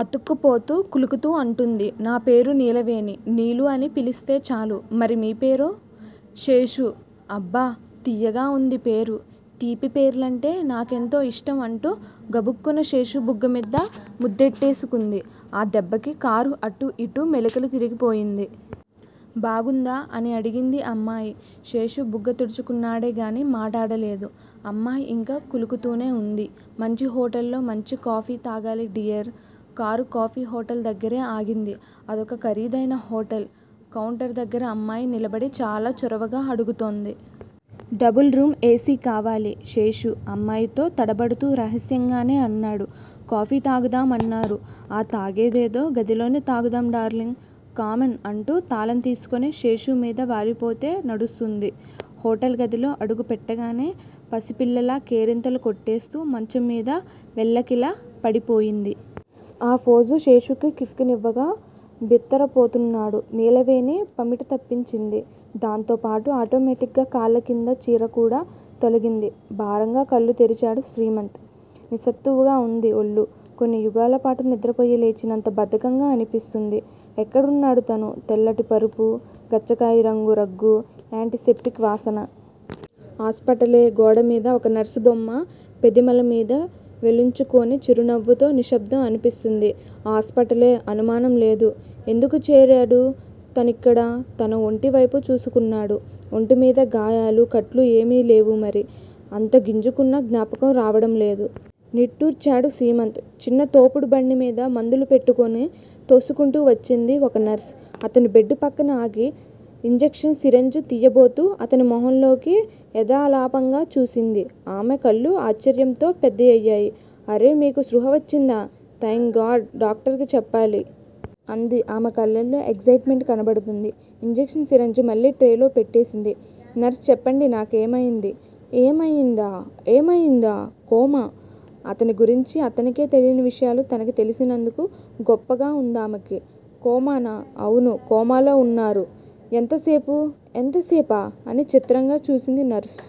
అతుక్కుపోతూ, కులుకుతూ అంటోంది. నా పేరు నీలవేణి. నీలూ అని పిలిస్తే చాలు. మరి మీ పేరో, శేషు అబ్బ తియ్యగా వుంది పేరు. తీపి పేర్లంటే నా కెంతో యిష్టం అంటూ గబుక్కున శేషుబుగ్గ మీద ముద్దెట్టేసుకుంది. ఆ దెబ్బకి కారు అటూ ఇటూ మెలికలు తిరిగిపోయింది. బాగుందా? అని అడిగింది అమ్మాయి. శేషు బుగ్గ తుడుచుకున్నాడే గాని మాటాడలేదు. అమ్మాయి యింకా కులుకుతూనే వుంది. మాంచి హోటల్లో మాంచి కాఫీ తాగాలి డియర్! కారు కాఫీ హోటల్ దగ్గిరే ఆగింది. అదొక ఖరీదైన హోటలు. కౌంటరు దగ్గిర అమ్మాయి నిలబడి చాలా చొరవగా అడుగుతోంది. Double room A. సి. కావాలి! శేషు అమ్మాయితో తడబడుతూ రహస్యంగానే అన్నాడు. 'కాఫీ తాగుదామన్నారు! ఆ తాగేదేదో గదిలోనే తాగుదాం డార్లింగ్. కమాన్ అంటూ తాళం తీసుకుని శేషు-మీద వాలిపోతే నడుస్తోంది. హోటల్ గదిలో అడుగు పెట్టగానే పసిపిల్లలా కేరింతలు కొట్టేస్తూ మంచం మీద వెల్లకిలా పడిపోయింది. ఆ ఫోజు శేషుకి కిక్కునివ్వగా బిత్తర పోతున్నాడు. నీలవేణి పమిట తప్పించింది. దాంతోపాటు ఆటోమేటిగ్గా కాళ్ళకింద చీరకూడ తొలగింది. భారంగా కళ్ళు తెరిచాడు శ్రీమంత్! నిస్సత్తువగా ఉంది ఒళ్ళు. కొన్ని యుగాలపాటు నిద్రపోయి లేచినంత బద్దకంగా అనిపిస్తోంది. ఎక్కడున్నాడు తను? తెల్లటి పరుపు, గచ్చకాయరంగు రగ్గూ, యాంటీ సెప్టిక్ వాసనా! హాస్పిటళా? గోడ మీద ఒక నర్సుబొమ్మ, పెదిమల మీద వేలుంచుకుని చిరునవ్వుతో నిశ్శబ్దం అన్పిస్తోంది. హాస్పిటలే! అనుమానం లేదు. ఎందుకు చేరాడు తనిక్కడ? తన ఒంటి వైపు చూసుకున్నాడు. ఒంటి మీద గాయాలూ, కట్లూ ఏమీ లేవు. మరి? ఎంత గింజుకున్నా జ్ఞాపకం రావడం లేదు. నిట్టూర్చాడు శ్రీమంత్. చిన్న తోపుడు బండిమీద మందులు పెట్టుకుని తోసుకుంటూ వచ్చింది ఒక నర్సు. అతని బెడ్ పక్కన ఆగి, ఇంజెక్షన్ సిరెంజ్ తియ్యబోతూ అతని మొహంలోకి యధాలాపంగా చూసింది. ఆమె కళ్ళు ఆశ్చర్యంతో పెద్దవయ్యాయి. అరె! మీకు స్పృహ వచ్చిందా! Thank God! డాక్టర్ కి చెప్పాలి! అంది. ఆమె కళ్ళలో ఎక్సయిట్ మెంట్ కనబడుతోంది. ఇంజెక్షన్ సిరెంజి మళ్ళీ ట్రేలో పెట్టేసింది. నర్స్ చెప్పండి నాకేమయింది? ఏమయిందా? ఏమయిందా? కోమా! అతన్ని గురించి అతనికే తెలియని విషయాలు తనకి తెలిసినందుకు గొప్పగా ఉందామెకు. కోమానా? అవును! కోమాలో ఉన్నారు. ఎంతసేపు? ఎంతసేపా? అని చిత్రంగా చూసింది నర్సు.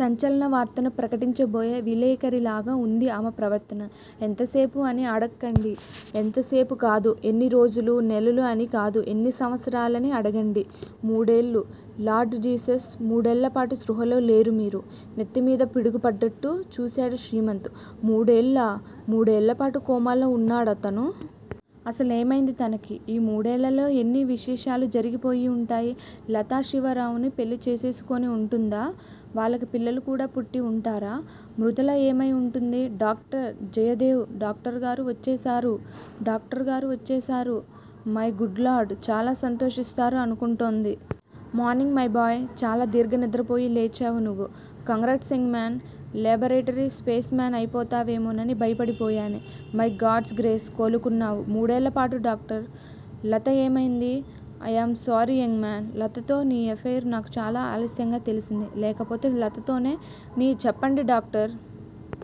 సంచలనవార్తని ప్రకటించబోయే విలేఖరిలాగా ఉంది ఆమె ప్రవర్తన. ఎంతసేపు అని అడక్కండి. ఎంతసేపు కాదు. ఎన్ని రోజులూ నెలలూ అని కాదు. ఎన్ని సంవత్సరాలని అడగండి. మూడేళ్ళు! Lord Jesus! మూడేళ్ళపాటు స్పృహలో లేరు మీరు! నెత్తిమీద పిడుగు పడ్డట్లు చూశాడు శ్రీమంత్. మూడేళ్ళా? మూడేళ్ళపాటు కోమాలో ఉన్నాడా తను? అసలేమైంది తనకి? ఈ మూడేళ్ళలో ఎన్ని విశేషాలు జరిగిపోయి ఉంటాయి? లతా శివరావుని పెళ్ళి చేసేసుకుని ఉంటుందా? వాళ్ళకి పిల్లలు కూడా పుట్టి ఉంటారా? మృదుల ఏమై వుంటుంది? డాక్టర్, జయదేవ్? డాక్టరుగారు వచ్చేశారు! డాక్టరుగారు వచ్చేశారు! My good lord! చాలా సంతోషిస్తారు అనుకుంటోంది. Morning my boy! చాలా దీర్ఘనిద్రపోయి లేచావు నువ్వు! Congrats young men! Laboratory specimen వైపోతావేమోనని భయపడిపోయాను. బై గాడ్స్ గ్రేస్, కోలుకున్నావు. మూడేళ్ళపాటు డాక్టర్! లత ఏమైంది? I am sorry young man! లతతో నీ అఫెయిర్ నాకు చాలా ఆలస్యంగా తెలిసింది. లేకపోతే లతతోనే నీ చెప్పండి డాక్టర్!